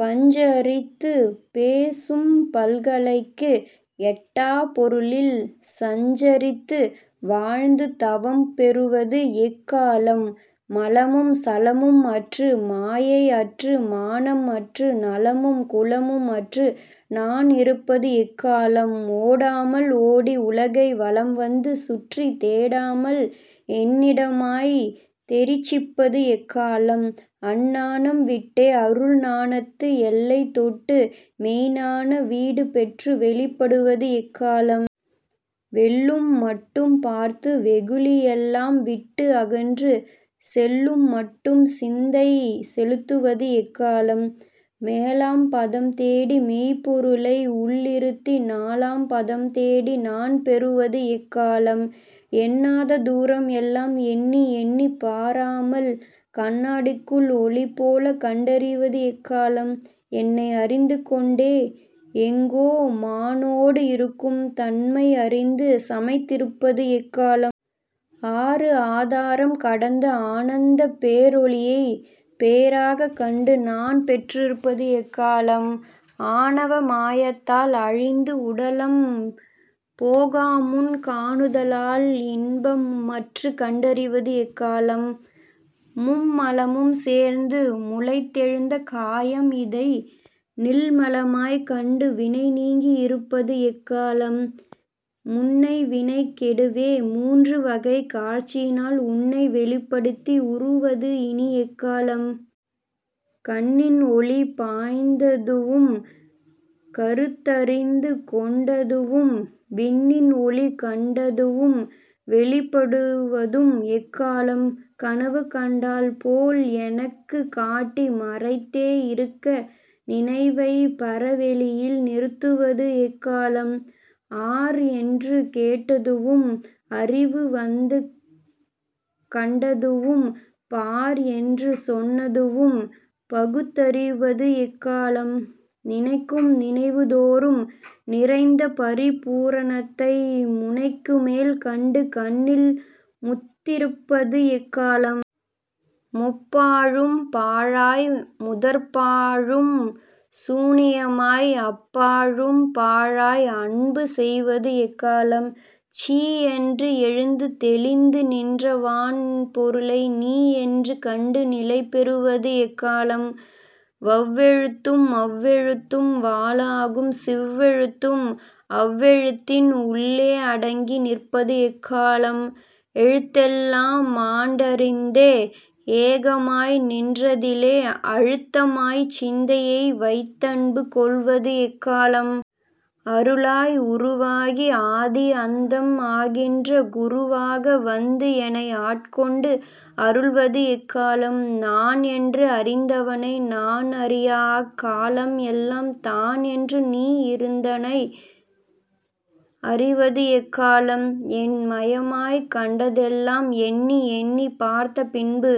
பஞ்சரித்துப் பேசும்பல்கலைக்கு எட்டாப் பொருளில் சஞ்சரித்து வாழ்ந்து தவம் பெறுவது எக்காலம்? மலமும் சலமும்அற்று மாயை அற்று மானம் அற்று நலமும் குலமும் அற்று நான் இருப்பது எக்காலம்? ஓடாமல் ஓடி உலகை வலம் வந்து சுற்றித் தேடாமல் என்னிடமாய்த் தெரிசிப்பது எக்காலம்? அஞ்ஞானம் விட்டே, அருள் ஞானத்து எல்லைதொட்டு மெய்ஞ்ஞான வீடுபெற்று வெளிப்படுவது எக்காலம்? வெல்லும்மட்டும் பார்த்து, வெகுளியெலாம் விட்டு அகன்று சொல்லுமட்டும் சிந்தை செலுத்துவது எக்காலம்? மேலாம் பதம்தேடி மெய்ப்பொருளை உள்இருத்தி நாலாம் பதம் தேடி நான் பெறுவது எக்காலம்? எண்ணாத தூரம் எல்லாம் எண்ணி எண்ணிப் பாராமல் கண்ணாடிக்குள் ஒளிபோல கண்டறிவது எக்காலம்? என்னை அறிந்து கொண்டே எங்கோமானோடு இருக்கும் தன்மை அறிந்து சமைந்திருப்பது எக்காலம்? ஆறு ஆதாரம் கடந்த ஆனந்தப் பேரொளியை பேறாகக் கண்டு நான் பெற்றிருப்பது எக்காலம்? ஆணவ மாயத்தால் அழிந்து உடலம் போகாமுன் காணுதலால் இன்பமற்றுக் கண்டறிவது எக்காலம்? மும்மலமும் சேர்ந்து முளைத்தெழுந்த காயம் இதை நில்மலமாய்க் கண்டு வினை நீங்கி இருப்பது எக்காலம்? முன்னை வினை கெடவே மூன்று வகைக் காட்சியினால் உன்னை வெளிப்படுத்தி உறுவது இனி எக்காலம்? கண்ணின் ஒளி பாய்ந்ததுவும் கருத்தறிந்து கொண்டதுவும் விண்ணின் ஒளி கண்டதுவும் வெளிப்படுவதும் எக்காலம்? கனவு கண்டால் போல் எனக்குக் காட்டி மறைத்தே இருக்க நினைவைப் பரவெளியில் நிறுத்துவது எக்காலம்? ஆர் என்று கேட்டதுவும் அறிவு வந்து கண்டதுவும் பார் என்று சொன்னதுவும் பகுத்தறிவது எக்காலம்? நினைக்கும் நினைவுதோறும் நிறைந்த பரிபூரணத்தை முனைக்குமேல் கண்டு கண்ணில் முத்துதிர்ப்பது எக்காலம்? முப்பாழும் பாழாய், முதற்பாழும் சூனியமாய் அப்பாழும் பாழாய் அன்பு செய்வது எக்காலம்? சீ யென்று எழுந்து தெளிந்து நின்ற வான் பொருளை நீ யென்று கண்டு நிலை பெறுவது எக்காலம்? வவ்வெழுத்தும் மவ்வெழுத்தும் வாளாகும் சிவ்வெழுத்தும் அவ்வெழுத்தின் உள்ளே அடங்கி நிற்பது எக்காலம்? எழுத்தெல்லாம் மாண்டிறந்தே ஏகமாய் நின்றதிலே அழுத்தமாய்ச் சிந்தையை வைத்தன்பு கொள்வது எக்காலம்? அருளாய் உருவாகி ஆதி அந்தம் ஆகின்ற குருவாக வந்து எனை ஆட்கொண்டு அருள்வது எக்காலம்? நான் என்று அறிந்தவனை நான் அறியாக் காலம் எல்லாம் தான் என்று நீ இருந்ததனை அறிவது எக்காலம்? என் மயமாய்க் கண்டதெல்லாம் எண்ணி எண்ணிப் பார்த்த பின்பு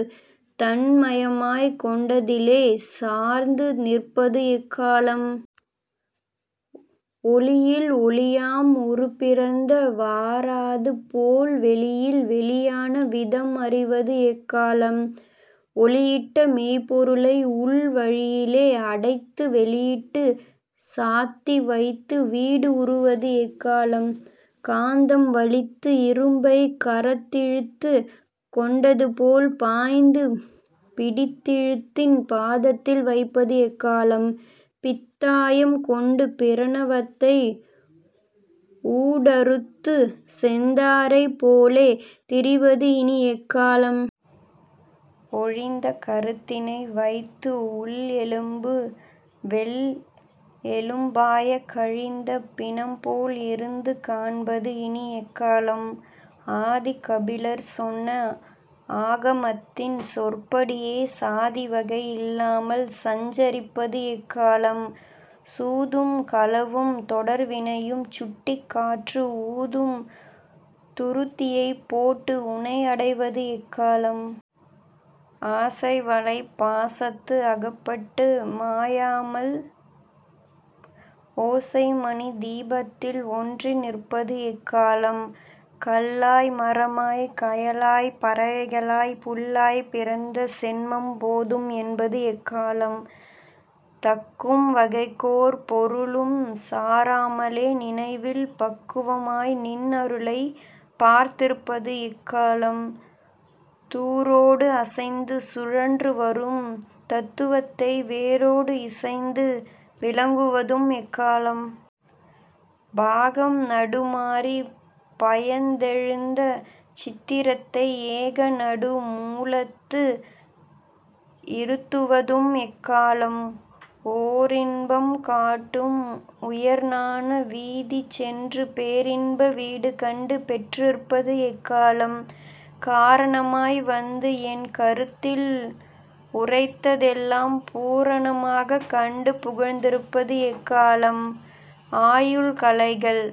தன் மயமாய்க் கொண்டதிலே சார்ந்து நிற்பது எக்காலம்? ஒளியில் ஒளியாம் உருப்பிறந்த வாறதுபோல் வெளியில் வெளியான விதம் அறிவது எக்காலம்? ஒளிஇட்ட மெய்ப்பொருளை உள் வழியிலே அடைத்து வெளியிட்டுச் சாத்திவைத்து வீடு உறுவது எக்காலம்? காந்தம் வலித்து இரும்பைக் கரத்திழுத்துக் கொண்டதுபோல் பாய்ந்து பிடித்திழுத்துன் பாதத்தில் வைப்பது எக்காலம்? பித்தாயம் கொண்டு பிரணவத்தை ஊடறுத்துச் செந்தாரைப் போலே திரிவது இனி எக்காலம்? ஒழிந்த கருத்தினை வைத்து உள் எலும்பு வெள் எலும்பாய்க் கழிந்த பிணம் போல் இருந்து காண்பது இனி எக்காலம்? ஆதிகபிலர் சொன்ன ஆகமத்தின் சொற்படியே சாதிவகை இல்லாமல் சஞ்சரிப்பது எக்காலம்? சூதும் களவும் தொடர்வினையும் சுட்டிக் காற்று ஊதும் துருத்தியைப் போட்டு உனை அடைவது எக்காலம்? ஆசைவலைப் பாசத்து அகப்பட்டு மாயாமல் ஓசைமணித் தீபத்தில் ஒன்றி நிற்பது எக்காலம்? கல்லாய் மரமாய்க் கயலாய்ப் பறவைகளாய்ப் புல்லாய் பிறந்த சென்மம் போதும் என்பது எக்காலம்? தக்கும் வகைக்கோர் பொருளும் சாராமலே நினைவில் பக்குவமாய் நின் அருளைப் பார்த்திருப்பது எக்காலம்? தூரோடு அசைந்து சுழன்று வரும் தத்துவத்தை வேரோடு இசைந்து விளங்குவதும் எக்காலம்? பாகம் நடு மாறிப் பயந்தெழுந்த சித்திரத்தை ஏகநடு மூலத்து இருத்துவதும் எக்காலம்? ஓரின்பம் காட்டும் உயர்ஞான வீதி சென்று பேரின்ப வீடுகண்டு பெற்றிருப்பது எக்காலம்? காரணமாய் வந்து என் கருத்தில் உரைத்ததெல்லாம் பூரணமாக் கண்டு புகழ்ந்திருப்பது எக்காலம்? ஆயும் கலைகள்